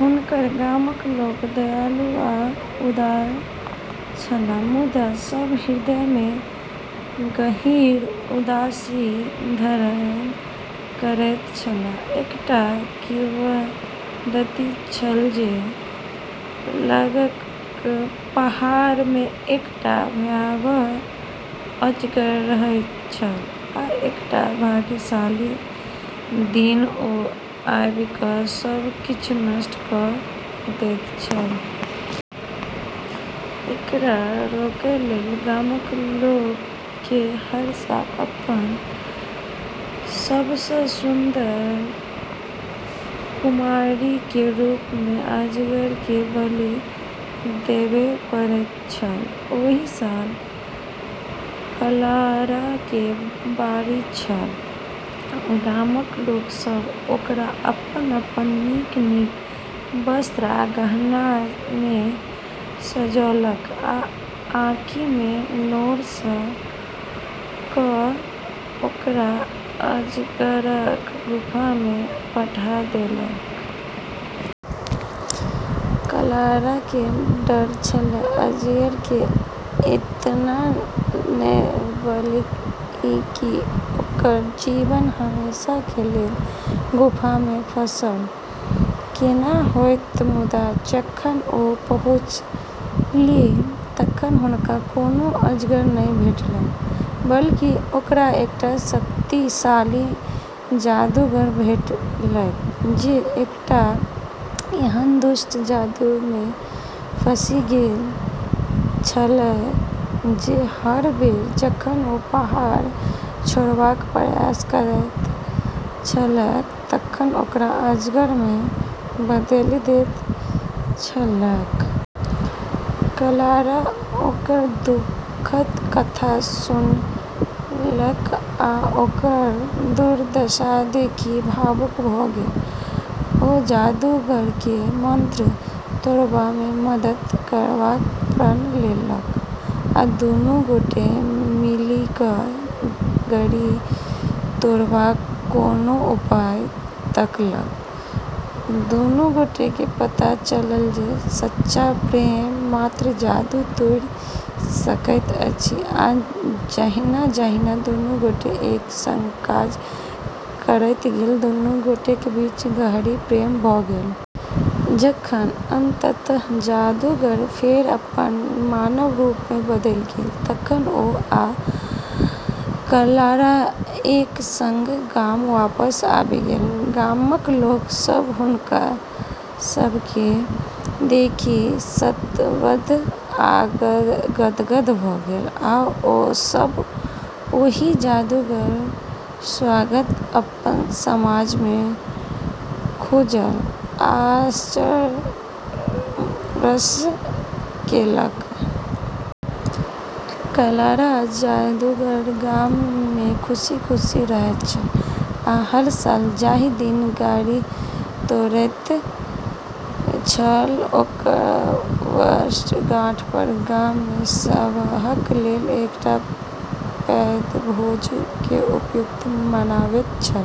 हुनकर गामक लोक दयालु आ उदार छलाह, मुदा सब हृदय मे गहींर उदासी धारण करैत छलाह। एकटा किंवदंती छल जे लगक पहाड़ मे एकटा भयावह अजगर रहैत छल, आ एकटा भाग्यशाली दिन, ओ आबि कऽ सब किछु नष्ट कऽ दैत छल । एकरा रोकय लेल गामक लोक के हर साल अपन सबसँ सुन्दर कुमारि के रूप मे अजगर के बलि देबय पड़ैत छल ओहि साल क्लारा के बारी छल। गामक लोक सभ ओकरा अपन-अपन नीक-नीक वस्त्र आ गहना मे सजौलक आ आँखि मे नोर लऽ कऽ ओकरा अजगरक गुफा मे पठा देलक। क्लारा के डर छेलै, अजगर के एतना नै, बल्कि ई कि ओकरऽ जीवन हमेशा के लेलऽ गुफा में फंसलऽ केना होतै। मुदा जखन ओ पहुँचलीह तखन हुनका कोनो अजगर नहि भेटलनि। बल्कि ओकरा एकटा शक्तिशाली जादूगर भेटलैक, जे एकटा एहन दुष्ट जादू मे फँसि गेल छलैक जे हर बेर जखन ओ पहाड़ छोड़बाक प्रयास करैत छलैक तखन ओकरा अजगर मे बदलि दैत छलैक। क्लारा ओकर दुखद कथा सुनलक आ ओकर दुर्दशा देखि भावुक भऽ गेल। ओ जादूगर केँ मंत्र तोड़बा मे मदद करबाक प्रण लेलक आ दुनू गोटे मिलिकय गारि तोड़बाक कोनो उपाय तकलक। दुनू गोटेकेँ पता चलल जे सच्चा प्रेम मात्र जादू तोड़ि सकैत अछि, आ जहिना-जहिना दुनू गोटे एक संग काज करैत गेल, दुनू गोटेक बीच गहींर प्रेम भऽ गेल। जखन अंततः जादूगर फेर अपन मानव रूप मे बदलि गेल तखन ओ आ क्लारा एक संग गाम वापस आबि गेल। गामक लोक सभ हुनका सभकेँ देखि स्तब्ध आ गदगद भऽ गेल, आ ओ सभ ओहि जादूगरक स्वागत अपन समाजमे खुजल आँचरसँ केलक। क्लारा आ जादूगर गाम मे खुखी-खुशी रहैत छल, आ हर साल, जाहि दिन गारि तोड़ैत छल, ओकर वर्षगांठ पर गाम मे सबहक लेल एकटा पैघ भोज के उत्सव मनाबैत छल।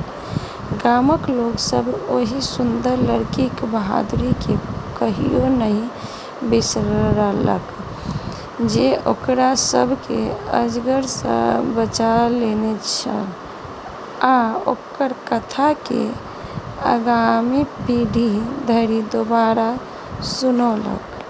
गामक लोक सभ ओहि सुन्दर लड़कीक बहादुरी केँ कहियो नहि बिसरलक जे ओकरा सभ केँ अजगर सँ बचा लेने छल, आ ओकर कथा केँ आगामी पीढ़ी धरि दोबारा सुनौलक।